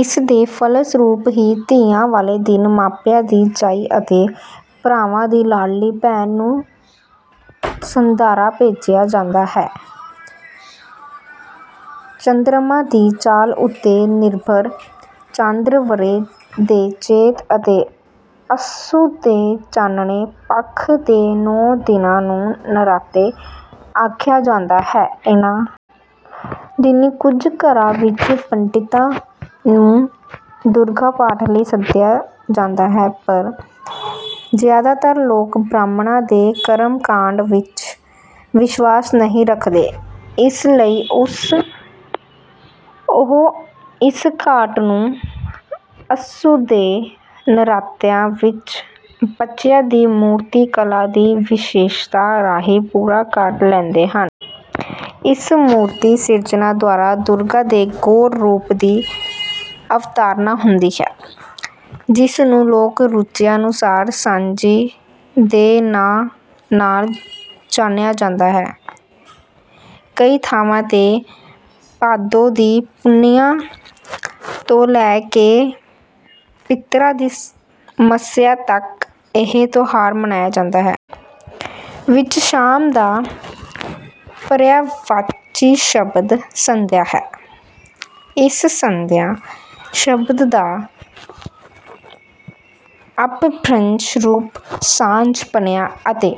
ਇਸ ਦੇ ਫਲਸਰੂਪ ਹੀ ਤੀਆਂ ਵਾਲੇ ਦਿਨ ਮਾਪਿਆਂ ਦੀ ਜਾਈ ਅਤੇ ਭਰਾਵਾਂ ਦੀ ਲਾਡਲੀ ਭੈਣ ਨੂੰ ‘ਸੰਧਾਰਾ’ ਭੇਜਿਆ ਜਾਂਦਾ ਹੈ। ਚੰਦਰਮਾ ਦੀ ਚਾਲ ਉੱਤੇ ਨਿਰਭਰ ਚਾਂਦ੍ਰ ਵਰ੍ਹੇ ਦੇ ਚੇਤ ਅਤੇ ਅੱਸੂ ਦੇ ਚਾਨਣੇ ਪੱਖ ਦੇ ਨੌਂ ਦਿਨਾਂ ਨੂੰ ਨਰਾਤੇ ਆਖਿਆ ਜਾਂਦਾ ਹੈ। ਇਨ੍ਹਾਂ ਦਿਨੀਂ ਕੁਝ ਘਰਾਂ ਵਿੱਚ ਪੰਡਿਤਾਂ ਨੂੰ ਦੁਰਗਾ ਪਾਠ ਲਈ ਸੱਦਿਆ ਜਾਂਦਾ ਹੈ, ਪਰ ਜ਼ਿਆਦਾਤਰ ਲੋਕ ਬ੍ਰਾਹਮਣਾਂ ਦੇ ਕਰਮ-ਕਾਂਡ ਵਿੱਚ ਵਿਸ਼ਵਾਸ ਨਹੀਂ ਰੱਖਦੇ। ਇਸ ਲਈ ਉਹ ਇਸ ਘਾਟ ਨੂੰ ਅੱਸੂ ਦੇ ਨਰਾਤਿਆਂ ਵਿੱਚ ਬੱਚਿਆਂ ਦੀ ਮੂਰਤੀ-ਕਲਾ ਦੀ ਵਿਸ਼ੇਸ਼ਤਾ ਰਾਹੀਂ ਪੂਰਾ ਕਰ ਲੈਂਦੇ ਹਨ। ਇਸ ਮੂਰਤੀ-ਸਿਰਜਣਾ ਦੁਆਰਾ ਦੁਰਗਾ ਦੇ ਗੌਰ ਰੂਪ ਦੀ ਅਵਤਾਰਣਾ ਹੁੰਦੀ ਹੈ, ਜਿਸ ਨੂੰ ਲੋਕ-ਰੁਚੀਆਂ ਅਨੁਸਾਰ ‘ਸਾਂਝੀ’ ਦੇ ਨਾਂ ਨਾਲ ਜਾਣਿਆ ਜਾਂਦਾ ਹੈ। ਕਈ ਥਾਵਾਂ ’ਤੇ ਭਾਦੋਂ ਦੀ ਪੁੰਨਿਆਂ ਤੋਂ ਲੈ ਕੇ ਪਿਤਰਾਂ ਦੀ ਮੱਸਿਆ ਤੱਕ ਇਹ ਤਿਉਹਾਰ ਮਨਾਇਆ ਜਾਂਦਾ ਹੈ। ਵਿੱਚ ‘ਸ਼ਾਮ’ ਦਾ ਪ੍ਰਯਾਇਵਾਚੀ ਸ਼ਬਦ ‘ਸੰਧਿਆ’ ਹੈ। ਇਸ ‘ਸੰਧਿਆ’ ਸ਼ਬਦ ਦਾ ਅਪਭ੍ਰੰਸ਼ ਰੂਪ ‘ਸਾਂਝ’ ਬਣਿਆ ਅਤੇ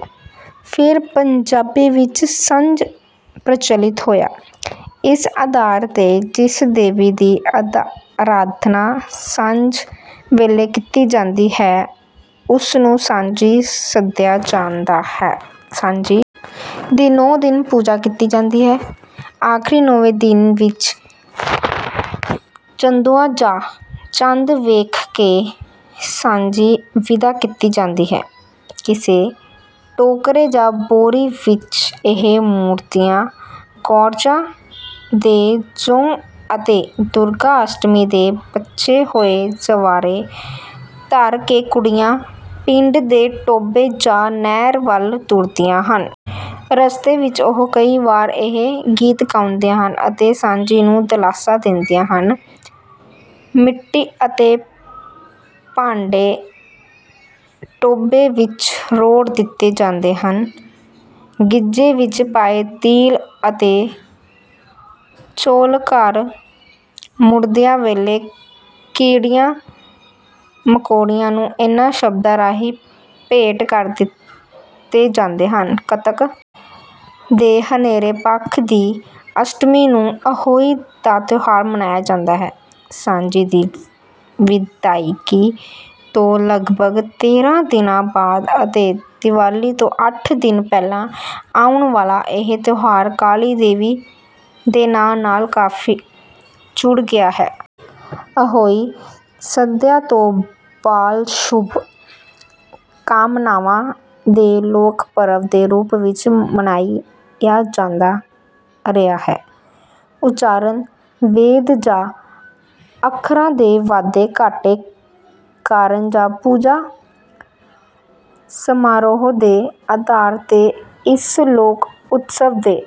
ਫਿਰ ਪੰਜਾਬੀ ਵਿੱਚ ‘ਸੰਝ’ ਪ੍ਰਚਲਿਤ ਹੋਇਆ। ਇਸ ਆਧਾਰ ’ਤੇ ਜਿਸ ਦੇਵੀ ਦੀ ਅਰਾਧਨਾ ਸੰਝ ਵੇਲੇ ਕੀਤੀ ਜਾਂਦੀ ਹੈ, ਉਸ ਨੂੰ ‘ਸਾਂਝੀ’ ਸੱਦਿਆ ਜਾਂਦਾ ਹੈ। ਸਾਂਝੀ ਦੀ ਨੌਂ ਦਿਨ ਪੂਜਾ ਕੀਤੀ ਜਾਂਦੀ ਹੈ। ਅਖ਼ੀਰ ਨੌਵੇਂ ਦਿਨ ਇੱਕ ਚੰਦੋਆ ਜਾਂ ਚੰਦ ਵੇਖ ਕੇ ‘ਸਾਂਝੀ’ ਵਿਦਾ ਕੀਤੀ ਜਾਂਦੀ ਹੈ। ਕਿਸੇ ਟੋਕਰੇ ਜਾਂ ਬੋਰੀ ਵਿੱਚ ਇਹ ਮੂਰਤੀਆਂ, ਗੋਰਜਾਂ ਦੇ ਜੌਂ ਅਤੇ ਦੁਰਗਾ ਅਸ਼ਟਮੀ ਦੇ ਬਚੇ ਹੋਏ ਜਵਾਰੇ ਧਰ ਕੇ ਕੁੜੀਆਂ ਪਿੰਡ ਦੇ ਟੋਭੇ ਜਾਂ ਨਹਿਰ ਵੱਲ ਤੁਰਦੀਆਂ ਹਨ। ਰਸਤੇ ਵਿੱਚ ਉਹ ਕਈ ਵਾਰ ਇਹ ਗੀਤ ਗਾਉਂਦੀਆਂ ਹਨ ਅਤੇ ਸਾਂਝੀ ਨੂੰ ਦਿਲਾਸਾ ਦਿੰਦੀਆਂ ਹਨ। ਮਿੱਟੀ ਅਤੇ ਭਾਂਡੇ ਟੋਭੇ ਵਿੱਚ ਰੋੜ੍ਹ ਦਿੱਤੇ ਜਾਂਦੇ ਹਨ। ਗੀਝੇ ਵਿੱਚ ਪਾਏ ਤਿਲ ਅਤੇ ਚੌਲ ਘਰ ਮੁੜਦਿਆਂ ਵੇਲੇ ਕੀੜੀਆਂ-ਮਕੌੜਿਆਂ ਨੂੰ ਇਨ੍ਹਾਂ ਸ਼ਬਦਾਂ ਰਾਹੀਂ ਭੇਟ ਕਰ ਦਿੱਤੇ ਜਾਂਦੇ ਹਨ। ਕੱਤਕ ਦੇ ਹਨੇਰੇ ਪੱਖ ਦੀ ਅਸ਼ਟਮੀ ਨੂੰ ‘ਅਹੋਈ’ ਦਾ ਤਿਉਹਾਰ ਮਨਾਇਆ ਜਾਂਦਾ ਹੈ। ਸਾਂਝੀ ਦੀ ਵਿਦਾਇਗੀ ਤੋਂ ਲਗਭਗ ਤੇਰ੍ਹਾਂ ਦਿਨਾਂ ਬਾਅਦ ਅਤੇ ਦੀਵਾਲੀ ਤੋਂ ਅੱਠ ਦਿਨ ਪਹਿਲਾਂ ਆਉਣ ਵਾਲਾ ਇਹ ਤਿਉਹਾਰ ਕਾਲੀ ਦੇਵੀ ਦੇ ਨਾਂ ਨਾਲ ਕਾਫ਼ੀ ਜੁੜ ਗਿਆ ਹੈ। ਅਹੋਈ ਸਦੀਆਂ ਤੋਂ ਬਾਲ-ਸ਼ੁਭ ਕਾਮਨਾਵਾਂ ਦੇ ਲੋਕ-ਪਰਵ ਦੇ ਰੂਪ ਵਿੱਚ ਮਨਾਇਆ ਜਾਂਦਾ ਰਿਹਾ ਹੈ। ਉਚਾਰਣ, ਵੇਦ ਜਾਂ ਅੱਖਰਾਂ ਦੇ ਵਾਧੇ-ਘਾਟੇ ਕਾਰਨ ਜਾਂ ਪੂਜਾ-ਸਮਾਰੋਹ ਦੇ ਆਧਾਰ ’ਤੇ ਇਸ ਲੋਕ-ਉਤਸਵ ਦੇ…